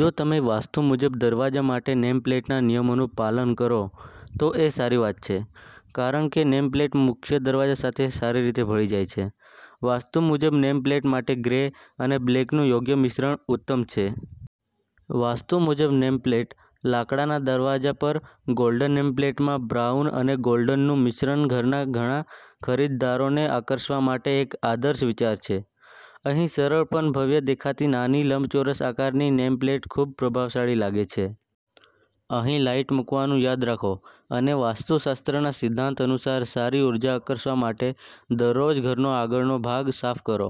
જો તમે વાસ્તુ મુજબ દરવાજા માટે નેમ પ્લેટના નિયમોનું પાલન કરો તો એ સારી વાત છે કારણ કે નેમપ્લેટ મુખ્ય દરવાજા સાથે સારી રીતે ભળી જાય છે. વાસ્તુ મુજબ નેમ પ્લેટ માટે ગ્રે અને બ્લેકનું યોગ્ય મિશ્રણ ઉત્તમ છે. વાસ્તુ મુજબ નેમ પ્લેટઃ લાકડાના દરવાજા પર ગોલ્ડન નેમ પ્લેટમાં બ્રાઉન અને ગોલ્ડનનું મિશ્રણ ઘરના ઘણા ખરીદદારોને આકર્ષવા માટે એક આદર્શ વિચાર છે. અહીં સરળ પણ ભવ્ય દેખાતી નાની લંબચોરસ આકારની નેમ પ્લેટ ખૂબ પ્રભાવશાળી લાગે છે. અહીં લાઇટ મૂકવાનું યાદ રાખો અને વાસ્તુશાસ્ત્રના સિદ્ધાંત અનુસાર સારી ઉર્જા આકર્ષવા માટે દરરોજ ઘરનો આગળનો ભાગ સાફ કરો.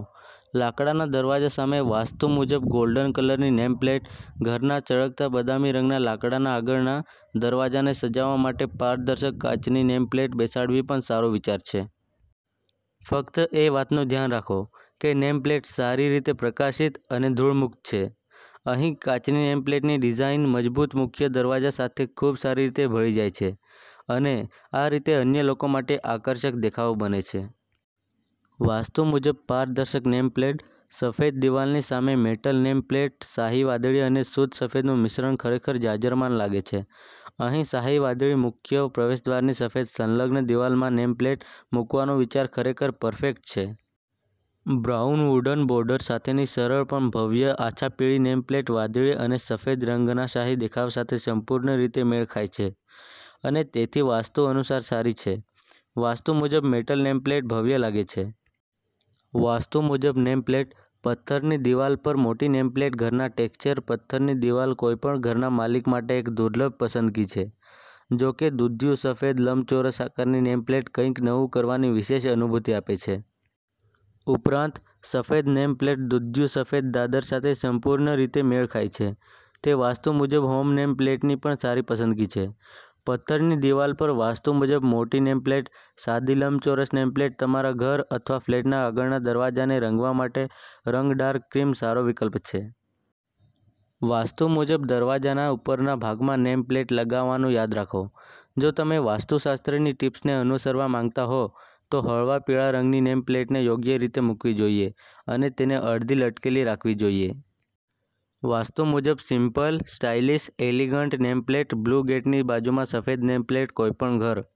લાકડાના દરવાજા સામે વાસ્તુ મુજબ ગોલ્ડન કલરની નેમ પ્લેટ: ઘરના ચળકતા બદામી રંગના લાકડાના આગળના દરવાજાને સજાવવા માટે પારદર્શક કાચની નેમ પ્લેટ બેસાડવી પણ સારો વિચાર છે. ફક્ત એ વાતનું ધ્યાન રાખો કે નેમપ્લેટ સારી રીતે પ્રકાશિત અને ધૂળ મુક્ત છે. અહીં કાચની નેમ પ્લેટની ડિઝાઇન મજબૂત મુખ્ય દરવાજા સાથે ખૂબ સારી રીતે ભળી જાય છે અને આ રીતે અન્ય લોકો માટે આકર્ષક દેખાવ બને છે. વાસ્તુ મુજબ પારદર્શક નેમ પ્લેટ: સફેદ દિવાલની સામે મેટલ નેમ પ્લેટ શાહી વાદળી અને શુદ્ધ સફેદનું મિશ્રણ ખરેખર જાજરમાન લાગે છે. અહીં શાહી વાદળી મુખ્ય પ્રવેશદ્વારની સફેદ સંલગ્ન દિવાલમાં નેમ પ્લેટ મૂકવાનો વિચાર ખરેખર પરફેક્ટ છે. બ્રાઉન વુડન બોર્ડર સાથેની સરળ પણ ભવ્ય આછા પીળી નેમ પ્લેટ વાદળી અને સફેદ રંગનાશાહી દેખાવ સાથે સંપૂર્ણ રીતે મેળ ખાય છે અને તેથી વાસ્તુ અનુસાર સારી છે. વાસ્તુ મુજબ મેટલ નેમ પ્લેટ ભવ્ય લાગે છે! વાસ્તુ મુજબ નેમ પ્લેટઃ પથ્થરની દિવાલ પર મોટી નેમ પ્લેટ ઘરના ટેક્ષ્ચર પથ્થરની દિવાલ કોઈપણ ઘરના માલિક માટે એક દુર્લભ પસંદગી છે. જો કે, દૂધિયું સફેદ લંબચોરસ આકારની નેમ પ્લેટ કંઈક નવું કરવાની વિશેષ અનુભૂતિ આપે છે. ઉપરાંત, સફેદ નેમ પ્લેટ દૂધિયું સફેદ દાદર સાથે સંપૂર્ણ રીતે મેળ ખાય છે. તે વાસ્તુ મુજબ હોમ નેમ પ્લેટની પણ સારી પસંદગી છે. પથ્થરની દિવાલ પર વાસ્તુ મુજબ મોટી નેમ પ્લેટ: સાદી લંબચોરસ નેમ પ્લેટ તમારા ઘર અથવા ફ્લેટના આગળના દરવાજાને રંગવા માટે રંગ ડાર્ક ક્રીમ સારો વિકલ્પ છે. વાસ્તુ મુજબ દરવાજાના ઉપરના ભાગમાં નેમ પ્લેટ લગાવવાનું યાદ રાખો. જો તમે વાસ્તુશાસ્ત્રની ટીપ્સને અનુસરવા માંગતા હો તો હળવા પીળા રંગની નેમ પ્લેટને યોગ્ય રીતે મૂકવી જોઈએ અને તેને અડધી લટકેલી રાખવી જોઈએ. વાસ્તુ મુજબ સિમ્પલ-સ્ટાઈલિશ-એલિગન્ટ નેમ પ્લેટ: બ્લુ ગેટની બાજુમાં સફેદ નેમ પ્લેટ કોઈપણ ઘર